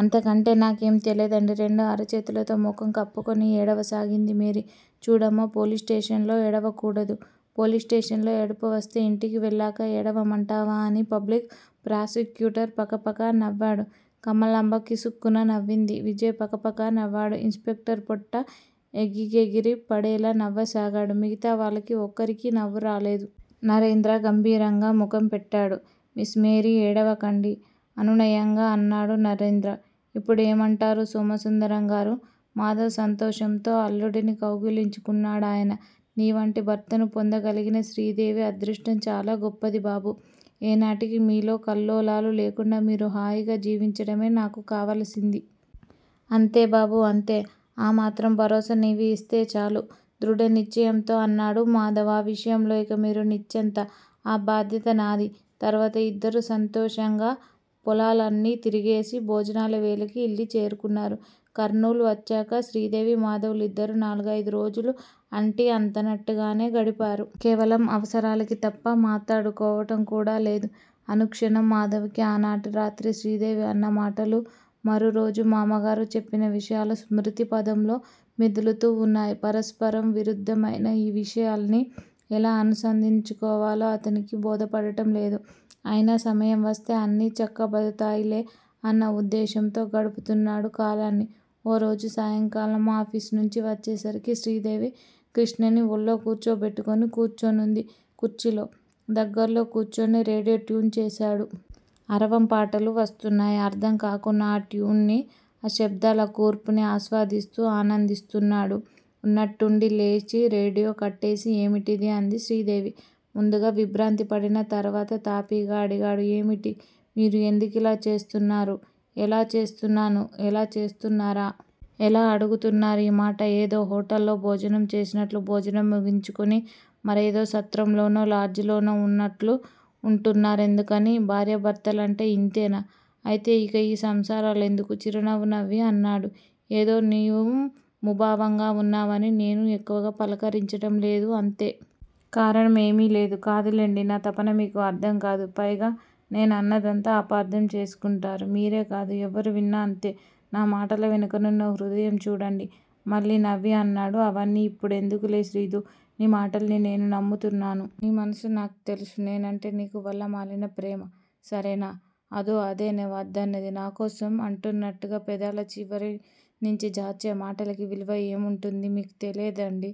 అంతకంటే నాకేం తెలియదండీ? రెండు అరచేతులతో ముఖం కప్పుకొని ఏడవ సాగింది మేరీ. చూడమ్మా! పోలీసు స్టేషల్లో ఏడవ కూడదు. పోలీసు స్టేషన్ లో ఏడుపువస్తే ఇంటికి వెళ్ళాక ఏడవమంటావా? అని పబ్లిక్ ప్రాసిక్యూటర్ పకపకనవ్వాడు. కమలాంబ కిసుక్కున నవ్వింది. విజయ్ పకపక నవ్వాడు. ఇన్స్ స్పెక్టర్ పొట్ట ఎగిగెగిరి పడేలా నవ్వసాగాడు, మిగతా వాళ్లకు ఒకరికీ నవ్వురాలేదు. నరేంద్ర గంభీరంగా ముఖం పెట్టాడు. Miss Mary! ఏడవకండీ. అనునయంగా అన్నాడు నరేంద్ర. ఇప్పుడేమంటారు సోమసుందరంగారూ? మాధవ్ సంతోషంతో అల్లుడిని కౌగిలించుకున్నాడాయన. నీ వంటి భర్తని పొందగలిగిన శ్రీదేవి అదృష్టం చాలా గొప్పది బాబూ, ఏ నాటికీ మీలో కల్లోలాలు లేకుండా మీరు హాయిగా జీవించటమే నాకు కావలసింది. అంతే బాబు, అంతే. ఆ మాత్రం భరోసా నీవు యిస్తే చాలు. దృడ నిశ్చయంతో అన్నాడు మాధవ్ ఆ విషయంలో ఇక మీరు నిశ్చంత. ఆ భాద్యత నాది. తర్వాత ఇద్దరూ సంతోషంగా పొలాలన్నీ తిరిగేసి, భోజనాల వేళకి యిల్లు చేరుకున్నారు. కర్నూలు వచ్చాక శ్రీదేవి మాధవ్ లిద్దరూ నాలుగయిదు రోజులు అంటి అంతనట్టుగానే గడిపారు. కేవలం అవసరాలకి తప్ప మాతడుకోవటం కూడా లేదు. ఆనుక్షణం మాధవ్ కి ఆ నాటి రాత్రి శ్రీదేవి అన్న మాటలు మరురోజు మామగారు చెప్పిన విషయాలు స్మృతి పధంలో మెదులుతూ వున్నాయ్. పరస్పరం విరుద్దమయిన యీ విషయాల్ని ఎలా అనుసంధించుకోవాలో అతనికి బోధపడటంలేదు. అయినా సమయం వస్తే అన్నీ చక్కబదతాయిలే అన్న వుద్దేశంతో గడుపుతున్నాడు కాలాన్ని, ఓ రోజు సాయంకాలం ఆఫీసునుంచి వచ్చేసరికి శ్రీదేవి కృష్ణని ఒళ్ళో కూర్చోబెట్టుకుని కూర్చునుంది కుర్చీలో, దగ్గర్లో కూర్చుని రేడియో ట్యూన్ చేశాడు. అరవం పాటలు వస్తున్నాయ్. అర్ధం కాకున్న ఆ ట్యూన్ని, ఆ శబ్దాల కూర్పుని ఆస్వాదిస్తూ ఆనందిస్తున్నాడు. ఉన్నట్టుండి లేచి రేడియో కట్టేసి ఏమిటిది? అంది శ్రీదేవి. ముందుగా విభ్రాంతి పడినా తర్వాత తాపిగా అడిగాడు ఏమిటి? మీరు ఎందుకిలా చేస్తున్నారు? ఎలా చేస్తున్నాను? ఎలా చేస్తున్నారా? ఎలా అడుగుతున్నారి మాట? ఏదో హొటల్ లో భోజనం చేసినట్లు భోజనం ముగించుకుని, మరేదో సత్రంలోనో లాడ్జోలోనో వుంటున్నట్లు వుంటున్నారెందుకని? భార్యా భర్తలంటే యింతేనా? అయితే యిక యీ సంసారాలెందుకు? చిరునవ్వు నవ్వి అన్నాడు ఏదో నీవు ముభావంగా వున్నావని నేనూ ఎక్కువగా పలుకరించటం లేదు అంతే. కారణం ఏమి లేదు. కాదు లెండి, నా తపన మీకు అర్ధం కాదు. పైగా నే నన్నదంతా అపార్ధం చేసుకుంటారు. మీరే కాదు. ఎవరూ విన్నా అంతే. నా మాటల వెనుక నున్న హృదయం చూడండి. మళ్ళీ నవ్వి అన్నాడు అవన్నీ యిప్పుడేందుకులే శ్రీదూ--నీ మాటల్ని నేను నమ్ముతున్నాను. నీ మనసు నాకు తెలుసు. నేనేంటే నీకు వల్లమాలినప్రేమ. సరేనా? అదో అదే నే వద్దన్నది. నా కోసం అంటున్నట్టుగా పెదాల చివరి నించి జార్చే మాటలకి విలువ ఏముంటుంది? మీకు తెలీదండి.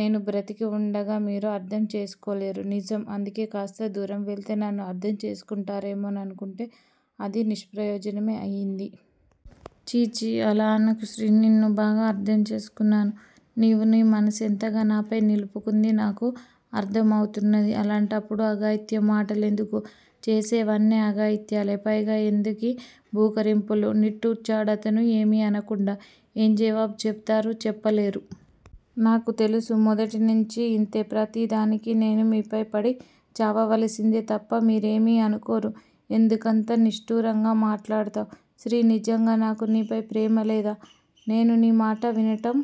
నేను బ్రతికి వుండగా మీరు అర్ధం చేసుకోలేరు. నిజం. అందుకే కాస్త దూరం వెళితే నన్న అర్ధం చేసుకుంటారేమో ననుకుంటే అది నిష్ప్రయోజనమే అయింది. చీ! చీ! అలా అనకు శ్రీ, నిన్ను బాగా అర్ధం చేసుకున్నాను. నీవు నీ మనసెంతగా నాపై నిలుపుకుంది నాకు అర్ధం అవుతున్నది. అలాంటప్పుడు అఘాయిత్యం మాట లెందుకు? చేసేవి అన్నీ అఘాయిత్యాలే! పైగా ఎందుకీ బూకరింపులు? నిట్టుర్చాడతను ఏమి అనకుండా. ఏం జవాబు చెపుతారు, చెప్పలేరు. నాకు తెలుసు, మొదటినించి యింతే. ప్రతిదానికి నేను మీపై పడి చావవలసిందే తప్ప మీరేమి అనుకోరు. ఎందుకంత నిష్టూరంగా మాటాడతావ్? శ్రీ నిజంగా నాకు నీపై ప్రేమలేదా? నేను నీ మాట వినటం